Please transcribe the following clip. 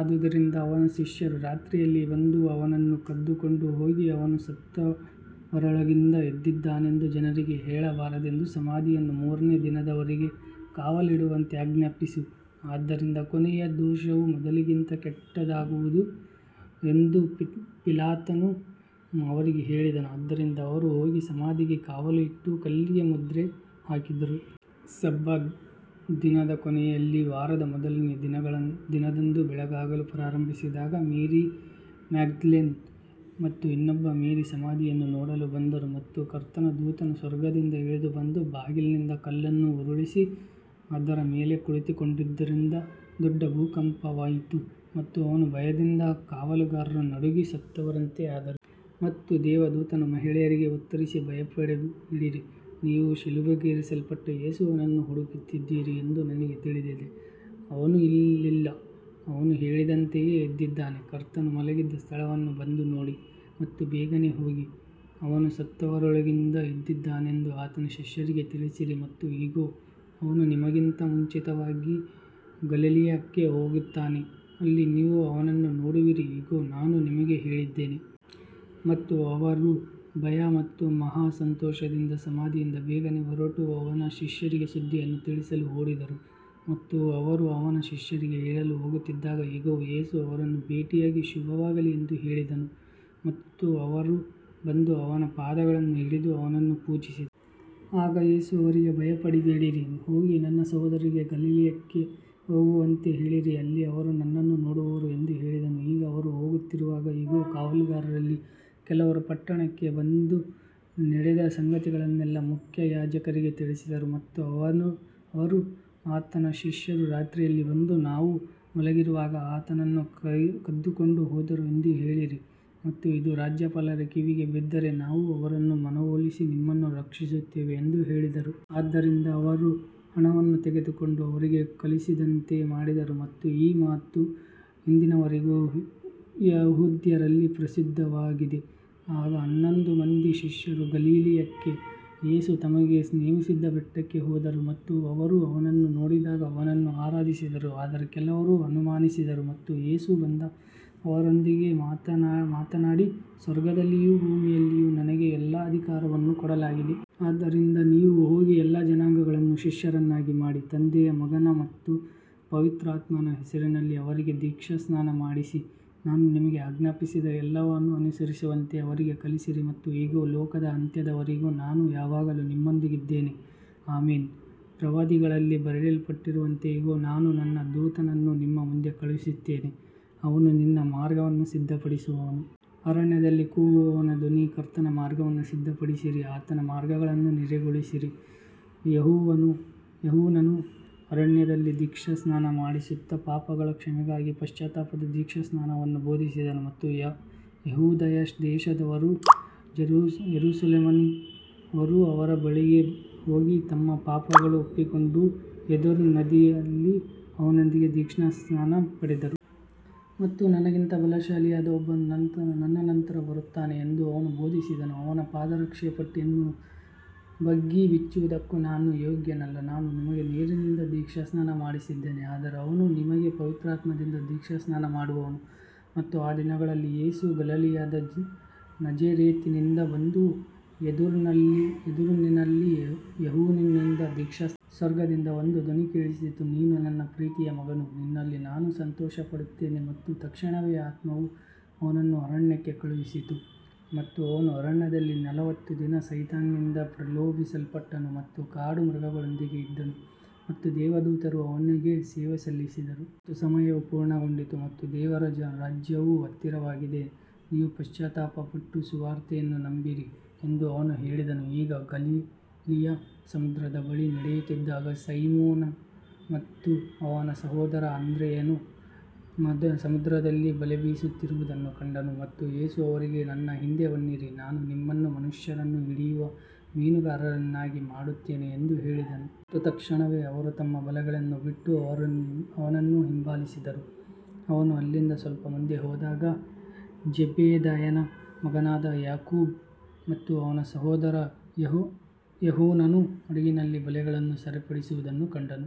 ಆದುದರಿಂದ ಅವನ ಶಿಷ್ಯರು ರಾತ್ರಿಯಲ್ಲಿ ಬಂದು ಅವನನ್ನು ಕದ್ದುಕೊಂಡು ಹೋಗಿ ಅವನು ಸತ್ತವರೊಳಗಿಂದ ಎದ್ದಿದ್ದಾನೆಂದು ಜನರಿಗೆ ಹೇಳಬಾರದೆಂದು ಸಮಾಧಿಯನ್ನು ಮೂರನೆಯ ದಿನದವರೆಗೆ ಕಾವಲಿಡುವಂತೆ ಆಜ್ಞಾಪಿಸು, ಆದ್ದರಿಂದ ಕೊನೆಯ ದೋಷವು ಮೊದಲಿಗಿಂತ ಕೆಟ್ಟದ್ದಾಗುವುದು ಎಂದು ಪಿಲಾತನು ಅವರಿಗೆ ಹೇಳಿದನು, ಆದ್ದರಿಂದ ಅವರು ಹೋಗಿ ಸಮಾಧಿಗೆ ಕಾವಲು ಇಟ್ಟು ಕಲ್ಲಿಗೆ ಮುದ್ರೆ ಹಾಕಿದರು. ಸಬ್ಬತ್ ದಿನದ ಕೊನೆಯಲ್ಲಿ ವಾರದ ಮೊದಲನೆಯ ದಿನದಂದು ಬೆಳಗಾಗಲು ಪ್ರಾರಂಭಿಸಿದಾಗ ಮೇರಿ ಮ್ಯಾಗ್ದಲೇನ್ ಮತ್ತು ಇನ್ನೊಬ್ಬ ಮೇರಿ ಸಮಾಧಿಯನ್ನು ನೋಡಲು ಬಂದರು. ಮತ್ತು ಕರ್ತನ ದೂತನು ಸ್ವರ್ಗದಿಂದ ಇಳಿದು ಬಂದು ಬಾಗಿಲಿನಿಂದ ಕಲ್ಲನ್ನು ಉರುಳಿಸಿ ಅದರ ಮೇಲೆ ಕುಳಿತುಕೊಂಡಿದ್ದರಿಂದ ದೊಡ್ಡ ಭೂಕಂಪವಾಯಿತು. ಮತ್ತು ಅವನ ಭಯದಿಂದ ಕಾವಲುಗಾರರು ನಡುಗಿ ಸತ್ತವರಂತೆ ಆದರು. ಮತ್ತು ದೇವದೂತನು ಮಹಿಳೆಯರಿಗೆ ಉತ್ತರಿಸಿ, ಭಯಪಡಬೇಡಿರಿ, ನೀವು ಶಿಲುಬೆಗೇರಿಸಲ್ಪಟ್ಟ ಯೇಸುವನ್ನು ಹುಡುಕುತ್ತಿದ್ದೀರಿ ಎಂದು ನನಗೆ ತಿಳಿದಿದೆ. ಅವನು ಇಲ್ಲಿಲ್ಲ, ಅವನು ಹೇಳಿದಂತೆಯೇ ಎದ್ದಿದ್ದಾನೆ, ಕರ್ತನು ಮಲಗಿದ್ದ ಸ್ಥಳವನ್ನು ಬಂದು ನೋಡಿ. ಮತ್ತು ಬೇಗನೆ ಹೋಗಿ, ಆತನು ಸತ್ತವರೊಳಗಿಂದ ಎದ್ದಿದ್ದಾನೆಂದು ಆತನ ಶಿಷ್ಯರಿಗೆ ತಿಳಿಸಿರಿ, ಮತ್ತು ಇಗೋ, ಅವನು ನಿಮಗಿಂತ ಮುಂಚಿತವಾಗಿ ಗಲಿಲಾಯಕ್ಕೆ ಹೋಗುತ್ತಾನೆ, ಅಲ್ಲಿ ನೀವು ಅವನನ್ನು ನೋಡುವಿರಿ, ಇಗೋ, ನಾನು ನಿಮಗೆ ಹೇಳಿದ್ದೇನೆ. ಮತ್ತು ಅವರು ಭಯ ಮತ್ತು ಮಹಾ ಸಂತೋಷದಿಂದ ಸಮಾಧಿಯಿಂದ ಬೇಗನೆ ಹೊರಟು, ಅವನ ಶಿಷ್ಯರಿಗೆ ಸುದ್ದಿಯನ್ನು ತಿಳಿಸಲು ಓಡಿದರು. ಮತ್ತು ಅವರು ಅವನ ಶಿಷ್ಯರಿಗೆ ಹೇಳಲು ಹೋಗುತ್ತಿದ್ದಾಗ, ಇಗೋ, ಯೇಸು ಅವರನ್ನು ಭೇಟಿಯಾಗಿ, ಶುಭವಾಗಲಿ ಎಂದು ಹೇಳಿದನು, ಮತ್ತು ಅವರು ಬಂದು ಅವನ ಪಾದಗಳನ್ನು ಹಿಡಿದು ಅವನನ್ನು ಪೂಜಿಸಿದರು. ಆಗ ಯೇಸು ಅವರಿಗೆ, ಭಯಪಡಬೇಡಿರಿ, ಹೋಗಿ ನನ್ನ ಸಹೋದರರಿಗೆ ಗಲಿಲಾಯಕ್ಕೆ ಹೋಗುವಂತೆ ಹೇಳಿರಿ, ಅಲ್ಲಿ ಅವರು ನನ್ನನ್ನು ನೋಡುವರು ಎಂದು ಹೇಳಿದನು. ಈಗ ಅವರು ಹೋಗುತ್ತಿರುವಾಗ, ಇಗೋ, ಕಾವಲುಗಾರರಲ್ಲಿ ಕೆಲವರು ಪಟ್ಟಣಕ್ಕೆ ಬಂದು ನಡೆದ ಸಂಗತಿಗಳನ್ನೆಲ್ಲಾ ಮುಖ್ಯಯಾಜಕರಿಗೆ ತಿಳಿಸಿದರು. ಮತ್ತು ಅವರು, ಆತನ ಶಿಷ್ಯರು ರಾತ್ರಿಯಲ್ಲಿ ಬಂದು ನಾವು ಮಲಗಿರುವಾಗ ಆತನನ್ನು ಕದ್ದುಕೊಂಡು ಹೋದರು ಎಂದು ಹೇಳಿರಿ, ಮತ್ತು ಇದು ರಾಜ್ಯಪಾಲರ ಕಿವಿಗೆ ಬಿದ್ದರೆ ನಾವು ಅವರನ್ನು ಮನವೊಲಿಸಿ ನಿಮ್ಮನ್ನು ರಕ್ಷಿಸುತ್ತೇವೆ ಎಂದು ಹೇಳಿದರು. ಆದ್ದರಿಂದ ಅವರು ಹಣವನ್ನು ತೆಗೆದುಕೊಂಡು, ಅವರಿಗೆ ಕಲಿಸಿದಂತೆಯೇ ಮಾಡಿದರು, ಮತ್ತು ಈ ಮಾತು ಇಂದಿನವರೆಗೂ ಯೆಹೂದ್ಯರಲ್ಲಿ ಪ್ರಸಿದ್ಧವಾಗಿದೆ. ಆಗ ಹನ್ನೊಂದು ಮಂದಿ ಶಿಷ್ಯರು ಗಲಿಲಾಯಕ್ಕೆ, ಯೇಸು ತಮಗೆ ನೇಮಿಸಿದ್ದ ಬೆಟ್ಟಕ್ಕೆ ಹೋದರು. ಮತ್ತು ಅವರು ಅವನನ್ನು ನೋಡಿದಾಗ ಅವನನ್ನು ಆರಾಧಿಸಿದರು, ಆದರೆ ಕೆಲವರು ಅನುಮಾನಿಸಿದರು. ಮತ್ತು ಯೇಸು ಬಂದು ಅವರೊಂದಿಗೆ ಮಾತನಾಡಿ, ಸ್ವರ್ಗದಲ್ಲಿಯೂ ಭೂಮಿಯಲ್ಲಿಯೂ ನನಗೆ ಎಲ್ಲಾ ಅಧಿಕಾರವನ್ನು ಕೊಡಲಾಗಿದೆ. ಆದ್ದರಿಂದ ನೀವು ಹೋಗಿ ಎಲ್ಲಾ ಜನಾಂಗಗಳನ್ನು ಶಿಷ್ಯರನ್ನಾಗಿ ಮಾಡಿ, ತಂದೆಯ, ಮಗನ ಮತ್ತು ಪವಿತ್ರಾತ್ಮನ ಹೆಸರಿನಲ್ಲಿ ಅವರಿಗೆ ದೀಕ್ಷಾಸ್ನಾನ ಮಾಡಿಸಿ, ನಾನು ನಿಮಗೆ ಆಜ್ಞಾಪಿಸಿದ ಎಲ್ಲವನ್ನೂ ಅನುಸರಿಸುವಂತೆ ಅವರಿಗೆ ಕಲಿಸಿರಿ, ಮತ್ತು ಇಗೋ, ಲೋಕದ ಅಂತ್ಯದವರೆಗೂ ನಾನು ಯಾವಾಗಲೂ ನಿಮ್ಮೊಂದಿಗಿದ್ದೇನೆ, ಆಮೆನ್. ಪ್ರವಾದಿಗಳಲ್ಲಿ ಬರೆಯಲ್ಪಟ್ಟಿರುವಂತೆ, ಇಗೋ, ನಾನು ನನ್ನ ದೂತನನ್ನು ನಿನ್ನ ಮುಂದೆ ಕಳುಹಿಸುತ್ತೇನೆ, ಅವನು ನಿನ್ನ ಮಾರ್ಗವನ್ನು ಸಿದ್ಧಪಡಿಸುವನು. ಅರಣ್ಯದಲ್ಲಿ ಕೂಗುವವನ ಧ್ವನಿ, ಕರ್ತನ ಮಾರ್ಗವನ್ನು ಸಿದ್ಧಪಡಿಸಿರಿ, ಆತನ ಮಾರ್ಗಗಳನ್ನು ನೇರಗೊಳಿಸಿರಿ. ಯೋಹಾನನು ಅರಣ್ಯದಲ್ಲಿ ದೀಕ್ಷಾಸ್ನಾನ ಮಾಡಿಸುತ್ತಾ, ಪಾಪಗಳ ಕ್ಷಮೆಗಾಗಿ ಪಶ್ಚಾತ್ತಾಪದ ದೀಕ್ಷಾಸ್ನಾನವನ್ನು ಬೋಧಿಸಿದನು. ಮತ್ತು ಯೆಹೂದಾಯ ದೇಶದವರೂ ಯೆರೂಸಲೇಮಿನವರೂ ಅವನ ಬಳಿಗೆ ಹೋಗಿ ತಮ್ಮ ಪಾಪಗಳನ್ನು ಒಪ್ಪಿಕೊಂಡು, ಯೊರ್ದಾನ್ ನದಿಯಲ್ಲಿ ಅವನಿಂದ ದೀಕ್ಷಾಸ್ನಾನ ಪಡೆದರು. ಮತ್ತು ನನಗಿಂತ ಬಲಶಾಲಿಯಾದ ಒಬ್ಬನು ನನ್ನ ನಂತರ ಬರುತ್ತಾನೆ ಎಂದು ಅವನು ಬೋಧಿಸಿದನು, ಅವನ ಪಾದರಕ್ಷೆಯ ಪಟ್ಟಿಯನ್ನು ಬಗ್ಗಿ ಬಿಚ್ಚುವುದಕ್ಕೂ ನಾನು ಯೋಗ್ಯನಲ್ಲ. ನಾನು ನಿಮಗೆ ನೀರಿನಿಂದ ದೀಕ್ಷಾಸ್ನಾನ ಮಾಡಿಸಿದ್ದೇನೆ, ಆದರೆ ಅವನು ನಿಮಗೆ ಪವಿತ್ರಾತ್ಮದಿಂದ ದೀಕ್ಷಾಸ್ನಾನ ಮಾಡಿಸುವನು. ಮತ್ತು ಆ ದಿನಗಳಲ್ಲಿ ಯೇಸು ಗಲಿಲಾಯದ ನಜರೇತಿನಿಂದ ಬಂದು, ಯೊರ್ದಾನಿನಲ್ಲಿ ಯೋಹಾನನಿಂದ ದೀಕ್ಷಾಸ್ನಾನ ಪಡೆದನು. ಮತ್ತು ಸ್ವರ್ಗದಿಂದ ಒಂದು ಧ್ವನಿ ಕೇಳಿಸಿತು, ನೀನು ನನ್ನ ಪ್ರೀತಿಯ ಮಗನು, ನಿನ್ನಲ್ಲಿ ನಾನು ಸಂತೋಷಪಡುತ್ತೇನೆ. ಮತ್ತು ತಕ್ಷಣವೇ ಆತ್ಮವು ಅವನನ್ನು ಅರಣ್ಯಕ್ಕೆ ಕಳುಹಿಸಿತು. ಮತ್ತು ಅವನು ಅರಣ್ಯದಲ್ಲಿ ನಲವತ್ತು ದಿನ ಸೈತಾನನಿಂದ ಪ್ರಲೋಭಿಸಲ್ಪಟ್ಟನು, ಮತ್ತು ಕಾಡು ಮೃಗಗಳೊಂದಿಗೆ ಇದ್ದನು, ಮತ್ತು ದೇವದೂತರು ಅವನಿಗೆ ಸೇವೆ ಸಲ್ಲಿಸಿದರು. ಮತ್ತು ಸಮಯವು ಪೂರ್ಣಗೊಂಡಿತು, ಮತ್ತು ದೇವರ ರಾಜ್ಯವು ಹತ್ತಿರವಾಗಿದೆ, ನೀವು ಪಶ್ಚಾತ್ತಾಪಪಟ್ಟು ಸುವಾರ್ತೆಯನ್ನು ನಂಬಿರಿ ಎಂದು ಅವನು ಹೇಳಿದನು. ಈಗ ಅವನು ಗಲಿಲಾಯ ಸಮುದ್ರದ ಬಳಿಯಲ್ಲಿ ನಡೆಯುತ್ತಿದ್ದಾಗ, ಸೈಮೋನ ಮತ್ತು ಅವನ ಸಹೋದರ ಆಂದ್ರೆಯನು ಸಮುದ್ರದಲ್ಲಿ ಬಲೆ ಬೀಸುತ್ತಿರುವುದನ್ನು ಕಂಡನು. ಮತ್ತು ಯೇಸು ಅವರಿಗೆ, ನನ್ನ ಹಿಂದೆ ಬನ್ನಿರಿ, ನಾನು ನಿಮ್ಮನ್ನು ಮನುಷ್ಯರನ್ನು ಹಿಡಿಯುವ ಮೀನುಗಾರರನ್ನಾಗಿ ಮಾಡುತ್ತೇನೆ ಎಂದು ಹೇಳಿದನು. ಮತ್ತು ತಕ್ಷಣವೇ ಅವರು ತಮ್ಮ ಬಲೆಗಳನ್ನು ಬಿಟ್ಟು ಅವನನ್ನು ಹಿಂಬಾಲಿಸಿದರು. ಅವನು ಅಲ್ಲಿಂದ ಸ್ವಲ್ಪ ಮುಂದೆ ಹೋದಾಗ, ಜೆಬೆದಾಯನ ಮಗನಾದ ಯಾಕೋಬ ಮತ್ತು ಅವನ ಸಹೋದರ ಯೋಹಾನನು ಹಡಗಿನಲ್ಲಿ ಬಲೆಗಳನ್ನು ಸರಿಪಡಿಸುವುದನ್ನು ಕಂಡನು.